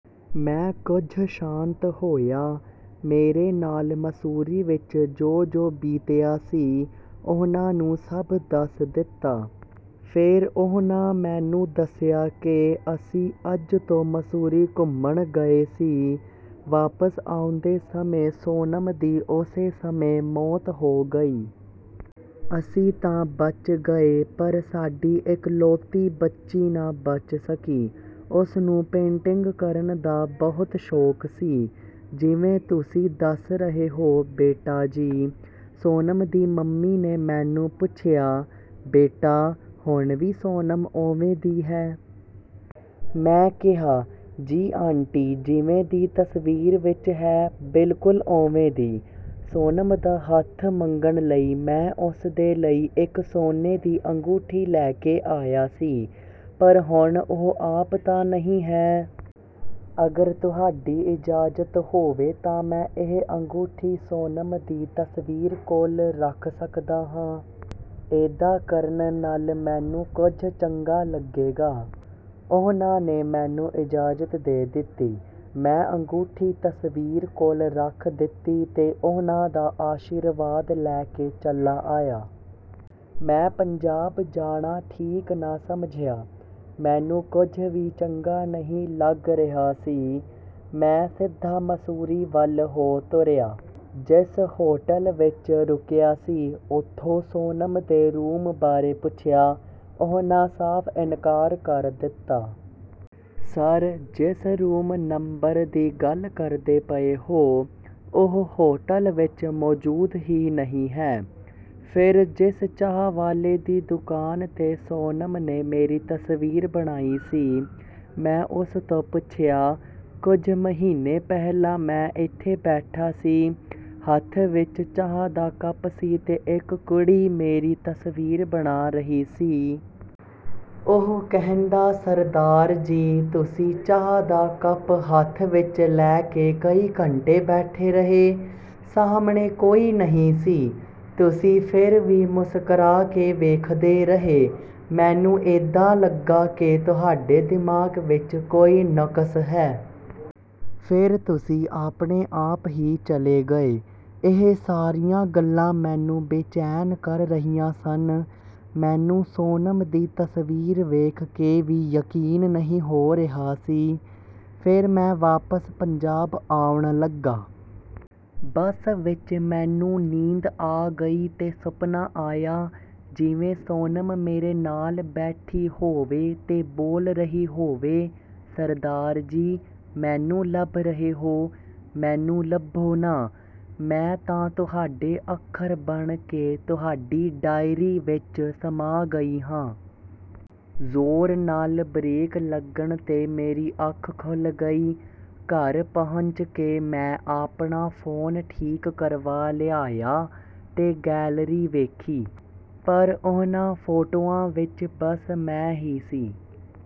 ਮੈਂ ਕੁਝ ਸ਼ਾਂਤ ਹੋਇਆ। ਮੇਰੇ ਨਾਲ ਮਸੂਰੀ ਵਿੱਚ ਜੋ-ਜੋ ਬੀਤਿਆ ਸੀ, ਉਹਨਾਂ ਨੂੰ ਸਭ ਦੱਸ ਦਿੱਤਾ। ਫੇਰ ਉਹਨਾਂ ਮੈਨੂੰ ਦੱਸਿਆ ਕਿ ਅਸੀਂ ਅੱਜ ਤੋਂ ਮਸੂਰੀ ਘੁੰਮਣ ਗਏ ਸੀ। ਵਾਪਸ ਆਉਂਦੇ ਸਮੇਂ ਸੋਨਮ ਦੀ ਉਸੇ ਸਮੇਂ ਮੌਤ ਹੋ ਗਈ। ਅਸੀਂ ਤਾਂ ਬਚ ਗਏ ਪਰ ਸਾਡੀ ਇਕਲੌਤੀ ਬੱਚੀ ਨਾ ਬਚ ਸਕੀ। ਉਸਨੂੰ ਪੇਂਟਿੰਗ ਕਰਨ ਦਾ ਬਹੁਤ ਸ਼ੌਂਕ ਸੀ। ਜਿਵੇਂ ਤੁਸੀਂ ਦੱਸ ਰਹੇ ਹੋ, ਬੇਟਾ ਜੀ। ਸੋਨਮ ਦੀ ਮੰਮੀ ਨੇ ਮੈਨੂੰ ਪੁੱਛਿਆ, "ਬੇਟਾ, ਹੁਣ ਵੀ ਸੋਨਮ ਓਵੇਂ ਦੀ ਹੈ?" ਮੈਂ ਕਿਹਾ, "ਜੀ ਆਂਟੀ, ਜਿਵੇਂ ਦੀ ਤਸਵੀਰ ਵਿੱਚ ਹੈ, ਬਿਲਕੁਲ ਓਵੇਂ ਦੀ।" ਸੋਨਮ ਦਾ ਹੱਥ ਮੰਗਣ ਲਈ ਮੈਂ ਉਸਦੇ ਲਈ ਇੱਕ ਸੋਨੇ ਦੀ ਅੰਗੂਠੀ ਲੈ ਕੇ ਆਇਆ ਸੀ। ਪਰ ਹੁਣ ਉਹ ਆਪ ਤਾਂ ਨਹੀਂ ਹੈ। "ਅਗਰ ਤੁਹਾਡੀ ਇਜਾਜ਼ਤ ਹੋਵੇ ਤਾਂ ਮੈਂ ਇਹ ਅੰਗੂਠੀ ਸੋਨਮ ਦੀ ਤਸਵੀਰ ਕੋਲ ਰੱਖ ਸਕਦਾ ਹਾਂ। ਏਦਾਂ ਕਰਨ ਨਾਲ ਮੈਨੂੰ ਕੁਝ ਚੰਗਾ ਲੱਗੇਗਾ।" ਉਹਨਾਂ ਨੇ ਮੈਨੂੰ ਇਜਾਜ਼ਤ ਦੇ ਦਿੱਤੀ। ਮੈਂ ਅੰਗੂਠੀ ਤਸਵੀਰ ਕੋਲ ਰੱਖ ਦਿੱਤੀ ਤੇ ਉਹਨਾਂ ਦਾ ਆਸ਼ੀਰਵਾਦ ਲੈ ਕੇ ਚੱਲਾ ਆਇਆ। ਮੈਂ ਪੰਜਾਬ ਜਾਣਾ ਠੀਕ ਨਾ ਸਮਝਿਆ। ਮੈਨੂੰ ਕੁਝ ਵੀ ਚੰਗਾ ਨਹੀਂ ਲੱਗ ਰਿਹਾ ਸੀ। ਮੈਂ ਸਿੱਧਾ ਮਸੂਰੀ ਵੱਲ ਹੋ ਤੁਰਿਆ। ਜਿਸ ਹੋਟਲ ਵਿੱਚ ਰੁਕਿਆ ਸੀ, ਉੱਥੋਂ ਸੋਨਮ ਦੇ ਰੂਮ ਬਾਰੇ ਪੁੱਛਿਆ। ਉਹਨਾਂ ਸਾਫ਼ ਇਨਕਾਰ ਕਰ ਦਿੱਤਾ। "ਸਰ, ਜਿਸ ਰੂਮ ਨੰਬਰ ਦੀ ਗੱਲ ਕਰਦੇ ਪਏ ਹੋ, ਉਹ ਹੋਟਲ ਵਿੱਚ ਮੌਜੂਦ ਹੀ ਨਹੀਂ ਹੈ।" ਫਿਰ ਜਿਸ ਚਾਹ ਵਾਲੇ ਦੀ ਦੁਕਾਨ 'ਤੇ ਸੋਨਮ ਨੇ ਮੇਰੀ ਤਸਵੀਰ ਬਣਾਈ ਸੀ, ਮੈਂ ਉਸ ਤੋਂ ਪੁੱਛਿਆ, "ਕੁਝ ਮਹੀਨੇ ਪਹਿਲਾਂ ਮੈਂ ਏਥੇ ਬੈਠਾ ਸੀ, ਹੱਥ ਵਿੱਚ ਚਾਹ ਦਾ ਕੱਪ ਸੀ ਤੇ ਇੱਕ ਕੁੜੀ ਮੇਰੀ ਤਸਵੀਰ ਬਣਾ ਰਹੀ ਸੀ।" ਉਹ ਕਹਿੰਦਾ, "ਸਰਦਾਰ ਜੀ, ਤੁਸੀਂ ਚਾਹ ਦਾ ਕੱਪ ਹੱਥ ਵਿੱਚ ਲੈ ਕੇ ਕਈ ਘੰਟੇ ਬੈਠੇ ਰਹੇ। ਸਾਹਮਣੇ ਕੋਈ ਨਹੀਂ ਸੀ। ਤੁਸੀਂ ਫਿਰ ਵੀ ਮੁਸਕਰਾ ਕੇ ਵੇਖਦੇ ਰਹੇ। ਮੈਨੂੰ ਏਦਾਂ ਲੱਗਾ ਕਿ ਤੁਹਾਡੇ ਦਿਮਾਗ ਵਿੱਚ ਕੋਈ ਨੁਕਸ ਹੈ। ਫੇਰ ਤੁਸੀਂ ਆਪਣੇ ਆਪ ਹੀ ਚਲੇ ਗਏ।" ਇਹ ਸਾਰੀਆਂ ਗੱਲਾਂ ਮੈਨੂੰ ਬੇਚੈਨ ਕਰ ਰਹੀਆਂ ਸਨ। ਮੈਨੂੰ ਸੋਨਮ ਦੀ ਤਸਵੀਰ ਵੇਖ ਕੇ ਵੀ ਯਕੀਨ ਨਹੀਂ ਹੋ ਰਿਹਾ ਸੀ। ਫੇਰ ਮੈਂ ਵਾਪਸ ਪੰਜਾਬ ਆਉਣ ਲੱਗਾ। ਬੱਸ ਵਿੱਚ ਮੈਨੂੰ ਨੀਂਦ ਆ ਗਈ ਤੇ ਸੁਪਨਾ ਆਇਆ, ਜਿਵੇਂ ਸੋਨਮ ਮੇਰੇ ਨਾਲ ਬੈਠੀ ਹੋਵੇ ਤੇ ਬੋਲ ਰਹੀ ਹੋਵੇ। "ਸਰਦਾਰ ਜੀ, ਮੈਨੂੰ ਲੱਭ ਰਹੇ ਹੋ? ਮੈਨੂੰ ਲੱਭੋ ਨਾ। ਮੈਂ ਤਾਂ ਤੁਹਾਡੇ ਅੱਖਰ ਬਣ ਕੇ ਤੁਹਾਡੀ ਡਾਇਰੀ ਵਿੱਚ ਸਮਾ ਗਈ ਹਾਂ।" ਜ਼ੋਰ ਨਾਲ ਬਰੇਕ ਲੱਗਣ 'ਤੇ ਮੇਰੀ ਅੱਖ ਖੁੱਲ ਗਈ। ਘਰ ਪਹੁੰਚ ਕੇ ਮੈਂ ਆਪਣਾ ਫੋਨ ਠੀਕ ਕਰਵਾ ਲਿਆਇਆ ਤੇ ਗੈਲਰੀ ਵੇਖੀ, ਪਰ ਉਹਨਾਂ ਫੋਟੋਆਂ ਵਿੱਚ ਬਸ ਮੈਂ ਹੀ ਸੀ।